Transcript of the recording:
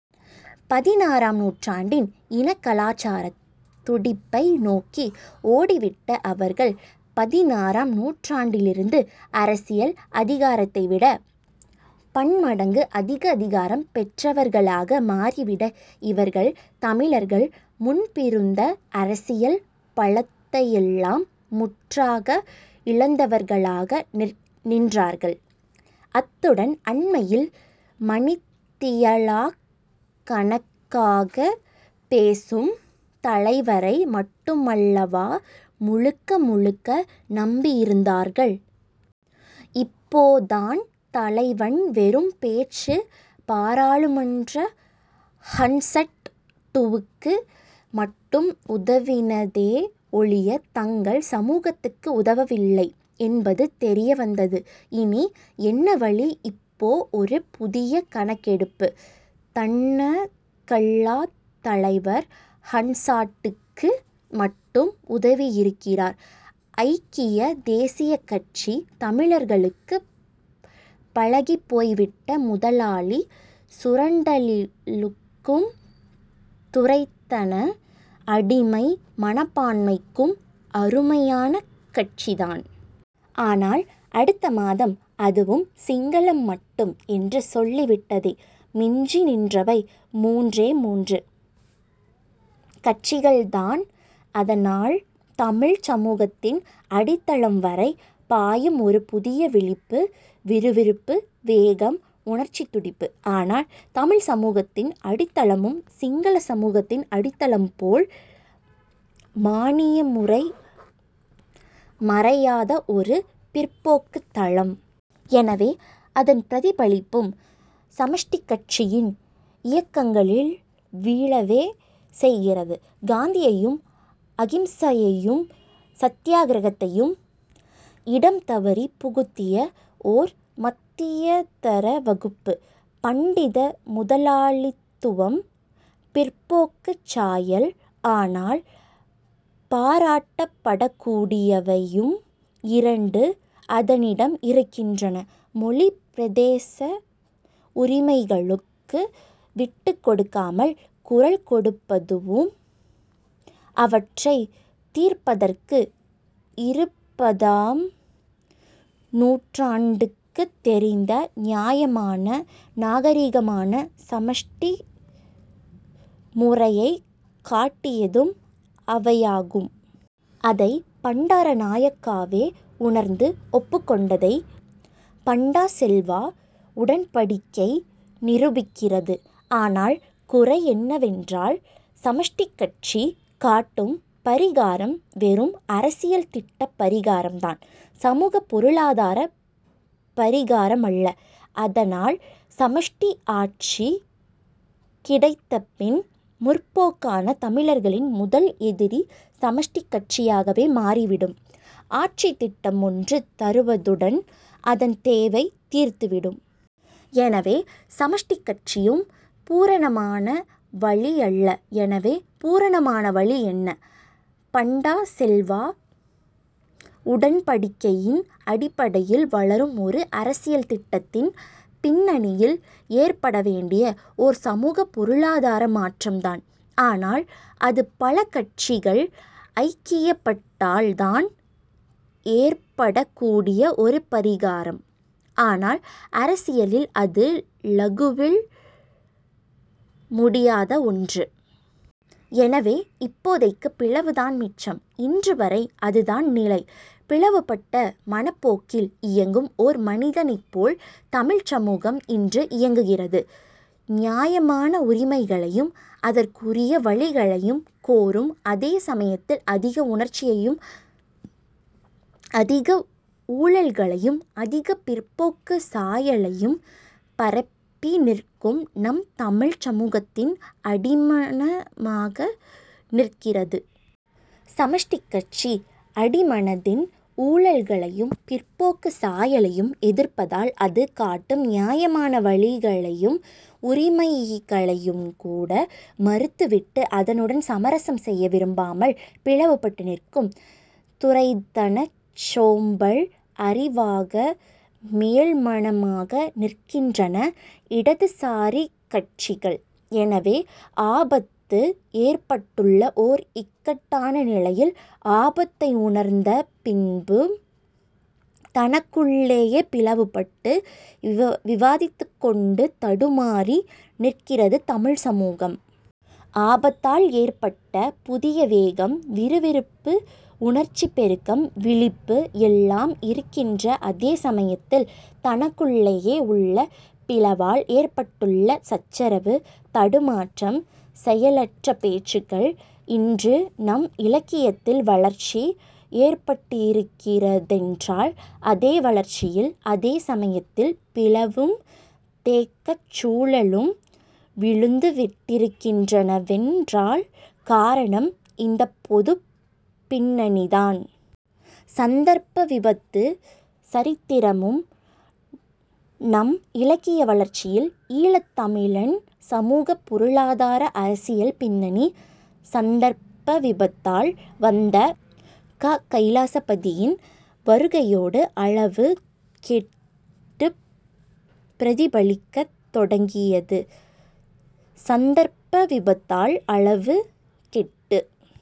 பதினாறாம் நூற்றாண்டின் இன கலாச்சாரத் துடிப்பை நோக்கி ஓடிவிட்ட அவர்கள் பதினாறாம் நூற்றாண்டிலிருந்த அரசியல் அதிகாரத்தை விட பன்மடங்கு அதிக அதிகாரம் பெற்றவர்களாக மாறிவிட இவர்கள், தமிழர்கள் முன்பிருந்த அரசியல் பலத்தையெல்லாம் முற்றாக இழந்தவர்களாக நின்றார்கள். அத்துடன் அண்மையில் மணித்தியாலக் கணக்காகப் பேசும் தலைவரை மட்டுமல்லவா முழுக்க முழுக்க நம்பியிருந்தார்கள்? இப்போதான் தலைவன் வெறும் பேச்சு பாராளுமன்ற 'ஹன்சாட்'டுக்கு மட்டும் உதவினதே ஒழிய தங்கள் சமூகத்துக்கு உதவவில்லை என்பது தெரிய வந்தது. இனி என்ன வழி இப்போ ஒரு புதிய கணக்கெடுப்பு. தன்னகல்லாத் தலைவர் ஹன்சாட்டுக்கு மட்டும் உதவியிருக்கிறார். ஐக்கிய தேசியக் கட்சி, தமிழர்களுக்குப் பழகிப்போய்விட்ட முதலாளி சுரண்டலுக்கும் துரைத்தன அடிமை மனப்பான்மைக்கும் அருமையான கட்சிதான். ஆனால், அடுத்த மாதம் அதுவும் சிங்களம் மட்டும் என்று சொல்லிவிட்டதே! மிஞ்சி நின்றவை மூன்றே மூன்று கட்சிகள்தான் அதனால் தமிழ்ச் சமூகத்தின் அடித்தளம்வரை பாயும் ஒரு புதிய விழிப்பு, விறுவிறுப்பு, வேகம், உணர்ச்சித் துடிப்பு. ஆனால், தமிழ்ச் சமூகத்தின் அடித்தளமும் சிங்களச் சமூகத்தின் அடித்தளம் போல் மானியமுறை மறையாத ஒரு பிற்போக்குத் தளம். எனவே அதன் பிரதிபலிப்பும் சமஷ்டிக் கட்சியின் இயக்கங்களில் விழவே செய்கிறது. காந்தியையும் அகிம்சையையும் சத்தியாக்கிரகத்தையும் இடம் தவறிப் புகுத்திய ஒரு மத்தியதர வகுப்பு, பண்டித முதலாளித்துவப் பிற்போக்குச் சாயல். ஆனால், பாராட்டப்படக்கூடியவையும் இரண்டு அதனிடம் இருக்கின்றன. மொழி பிரதேச உரிமைகளுக்கு விட்டுக்கொடுக்காமல் குரல் கொடுப்பதுவும் அவற்றைத் தீர்ப்பதற்கு இருபதாம் நூற்றாண்டுக்குத் தெரிந்த நியாயமான, நாகரிகமான சமஷ்டி முறையைக் காட்டியதும் அவையாகும். அதை பண்டாரநாயக்காவே உணர்ந்து ஒப்புக்கொண்டதை பண்டா-செல்வா உடன்படிக்கை நிரூபிக்கிறது. ஆனால் குறை என்னவென்றால் சமஷ்டிக் கட்சி காட்டும் பரிகாரம் வெறும் அரசியல் திட்டப் பரிகாரம்தான். சமூகப் பொருளாதாரப் பரிகாரமல்ல. அதனால் சமஷ்டி ஆட்சி கிடைத்தபின் முற்போக்கான தமிழர்களின் முதல் எதிரி சமஷ்டிக் கட்சியாகவே மாறிவிடும். ஆட்சித் திட்டம் ஒன்று தருவதுடன் அதன் தேவை தீர்ந்துவிடும். எனவே சமஷ்டிக் கட்சியும் பூரணமான வழி அல்ல. எனவே பூரணமான வழி என்ன? பண்டா-செல்வா உடன்படிக்கையின் அடிப்படையில் வளரும் ஒரு அரசியல் திட்டத்தின் பின்னணியில் ஏற்படவேண்டிய ஓர் சமூகப் பொருளாதார மாற்றம்தான். ஆனால் அது பல கட்சிகள் ஐக்கியப்பட்டால்தான் ஏற்படக்கூடிய ஒரு பரிகாரம். ஆனால் அரசியலில் அது லகுவில் முடியாத ஒன்று. எனவே, இப்போதைக்குப் பிளவுதான் மிச்சம். இன்றுவரை அதுதான் நிலை. பிளவுபட்ட மனப்போக்கில் இயங்கும் ஓர் மனிதனைப்போல் தமிழ்ச் சமூகம் இன்று இயங்குகிறது. நியாயமான உரிமைகளையும் அதற்குரிய வழிகளையும் கோரும் அதே சமயத்தில் அதிக உணர்ச்சியையும் அதிக ஊழல்களையும் அதிகப் பிற்போக்குச் சாயலையும் பரப்பி நிற்கும் நம் தமிழ்ச் சமூகத்தின் அடிமனமாக நிற்கிறது. சமஷ்டிக் கட்சி. அடிமனத்தின் ஊழல்களையும் பிற்போக்குச் சாயலையும் எதிர்ப்பதால் அது காட்டும் நியாயமான வழிகளையும் உரிமைகளையுங் கூட மறுத்துவிட்டு அதனுடன் சமரசம் செய்ய விரும்பாமல் பிளவுபட்டு நிற்கும் துரைத்தனச் சோம்பல் அறிவாக, மேல்மனமாக நிற்கின்றன இடதுசாரிக் கட்சிகள். எனவே ஆபத்து ஏற்பட்டுள்ள ஓர் இக்கட்டான நிலையில் ஆபத்தை உணர்ந்த பின்பும் தனக்குள்ளேயே பிளவுபட்டு விவாதித்துக்கொண்டு தடுமாறி நிற்கிறது தமிழ்ச் சமூகம். ஆபத்தால் ஏற்பட்ட புதிய வேகம், விறுவிறுப்பு, உணர்ச்சிப் பெருக்கம், விழிப்பு எல்லாம் இருக்கின்ற அதே சமயத்தில் தனக்குள்ளேயே உள்ள பிளவால் ஏற்பட்டுள்ள சச்சரவு, தடுமாற்றம், செயலற்ற பேச்சுக்கள். இன்று நம் இலக்கியத்தில் வளர்ச்சி ஏற்பட்டிருக்கிறதென்றால், அதே வளர்ச்சியில் அதே சமயத்தில் பிளவும் தேக்கச் சூழலும் விழுந்துவிட்டிருக்கின்றனவென்றால் காரணம் இந்தப் பொதுப் பின்னணிதான். சந்தர்ப்ப விபத்தும் சரித்திரமும் நம் இலக்கிய வளர்ச்சியில் ஈழத் தமிழன் சமூகப் பொருளாதார அரசியல் பின்னணி சந்தர்ப்ப விபத்தால் வந்த க. கைலாசபதியின் வருகையோடு அளவு கெட்டுப் பிரதிபலிக்கத் தொடங்கியது. சந்தர்ப்ப விபத்தால் அளவு கெட்டு